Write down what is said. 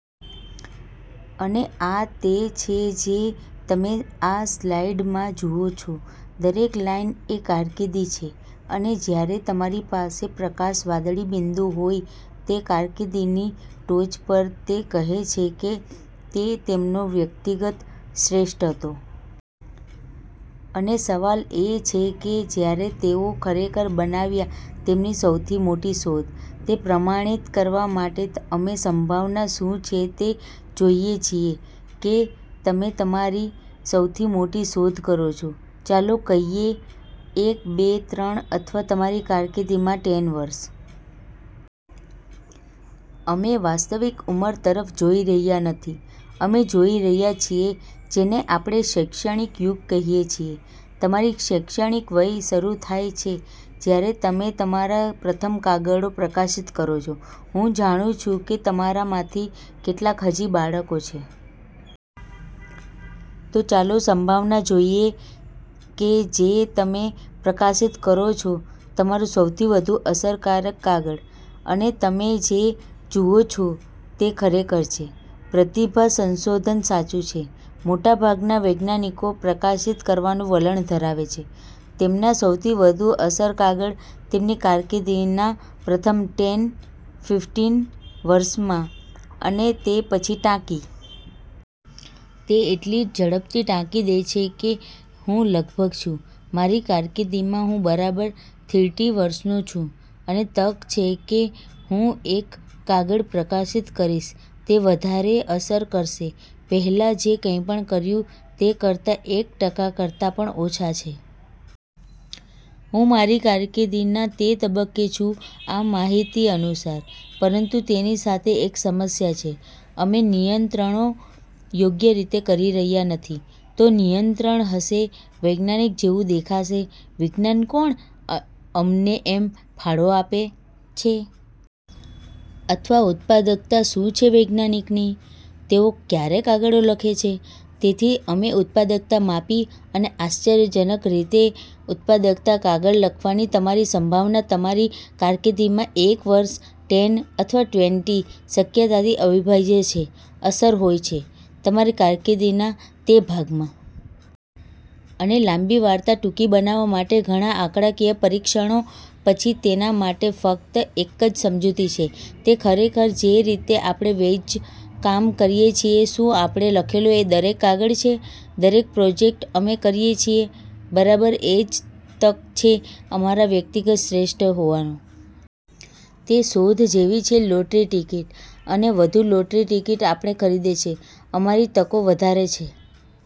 અને આ તે છે જે તમે આ સ્લાઇડમાં જુઓ છો. દરેક લાઇન એ કારકિર્દી છે અને જ્યારે તમારી પાસે પ્રકાશ વાદળી બિંદુ હોય તે કારકિર્દીની ટોચ પર તે કહે છે કે તે તેમનો વ્યક્તિગત શ્રેષ્ઠ હતો. અને સવાલ એ છે કે જ્યારે તેઓ ખરેખર બનાવ્યા તેમની સૌથી મોટી શોધ. તે પ્રમાણિત કરવા માટે અમે સંભાવના શું છે તે જોઈએ છીએ કે તમે તમારી સૌથી મોટી શોધ કરો છો. ચાલો કહીએ એક, બે, ત્રણ અથવા તમારી કારકિર્દીમાં ટેન વર્ષ. અમે વાસ્તવિક ઉંમર તરફ જોઈ રહ્યા નથી. અમે જોઈ રહ્યા છીએ જેને આપણે "શૈક્ષણિક યુગ" કહીએ છીએ. તમારી શૈક્ષણિક વય શરૂ થાય છે જ્યારે તમે તમારા પ્રથમ કાગળો પ્રકાશિત કરો છો. હું જાણું છું કે તમારામાંથી કેટલાક હજી બાળકો છે. તો ચાલો સંભાવના જોઈએ કે જે તમે પ્રકાશિત કરો છો તમારું સૌથી વધુ અસરકારક કાગળ. અને તમે જે જુઓ છો તે ખરેખર છે. પ્રતિભા સંશોધન સાચું છે. મોટાભાગના વૈજ્ઞાનિકો પ્રકાશિત કરવાનું વલણ ધરાવે છે તેમના સૌથી વધુ અસર કાગળ તેમની કારકિર્દીના પ્રથમ ટેન, ફિફટિન વર્ષમાં અને તે પછી ટાંકી. તે એટલી ઝડપથી ટાંકી દે છે કે હું લગભગ છું મારી કારકિર્દીમાં હું બરાબર થીરટી વર્ષનો છું અને તક છે કે હું એક કાગળ પ્રકાશિત કરીશ તે વધારે અસર કરશે પહેલાં જે કંઈપણ કર્યું તે કરતાં એક ટકા કરતા પણ ઓછા છે. હું મારી કારકિર્દીના તે તબક્કે છું આ માહિતી અનુસાર. પરંતુ તેની સાથે એક સમસ્યા છે. અમે નિયંત્રણો યોગ્ય રીતે કરી રહ્યાં નથી. તો નિયંત્રણ હશે, વૈજ્ઞાનિક જેવું દેખાશે, વિજ્ઞાન કોણ અમનેમ ફાળો આપે છે? અથવા ઉત્પાદકતા શું છે વૈજ્ઞાનિકની? તેઓ ક્યારે કાગળો લખે છે? તેથી અમે ઉત્પાદકતા માપી અને આશ્ચર્યજનક રીતે ઉત્પાદકતા કાગળ લખવાની તમારી સંભાવના તમારી કારકિર્દીમાં એક વર્ષ, ટેન અથવા ટ્વેન્ટી શક્યતાથી અવિભાજ્ય છે અસર હોય છે તમારી કારકિર્દીના તે ભાગમાં. અને લાંબી વાર્તા ટૂંકી બનાવવા માટે ઘણાં આંકડાકીય પરીક્ષણો પછી તેના માટે ફક્ત એક જ સમજૂતી છે. તે ખરેખર જે રીતે આપણે વૈજ્ કામ કરીએ છીએ શું આપણે લખેલો દરેક કાગળ છે, દરેક પ્રોજેક્ટ અમે કરીએ છીએ, બરાબર એ જ તક છે અમારા વ્યક્તિગત શ્રેષ્ઠ હોવાનો. તે શોધ જેવી છે લોટરી ટિકિટ અને વધુ લોટરી ટિકિટ આપણે ખરીદે છે, અમારી તકો વધારે છે.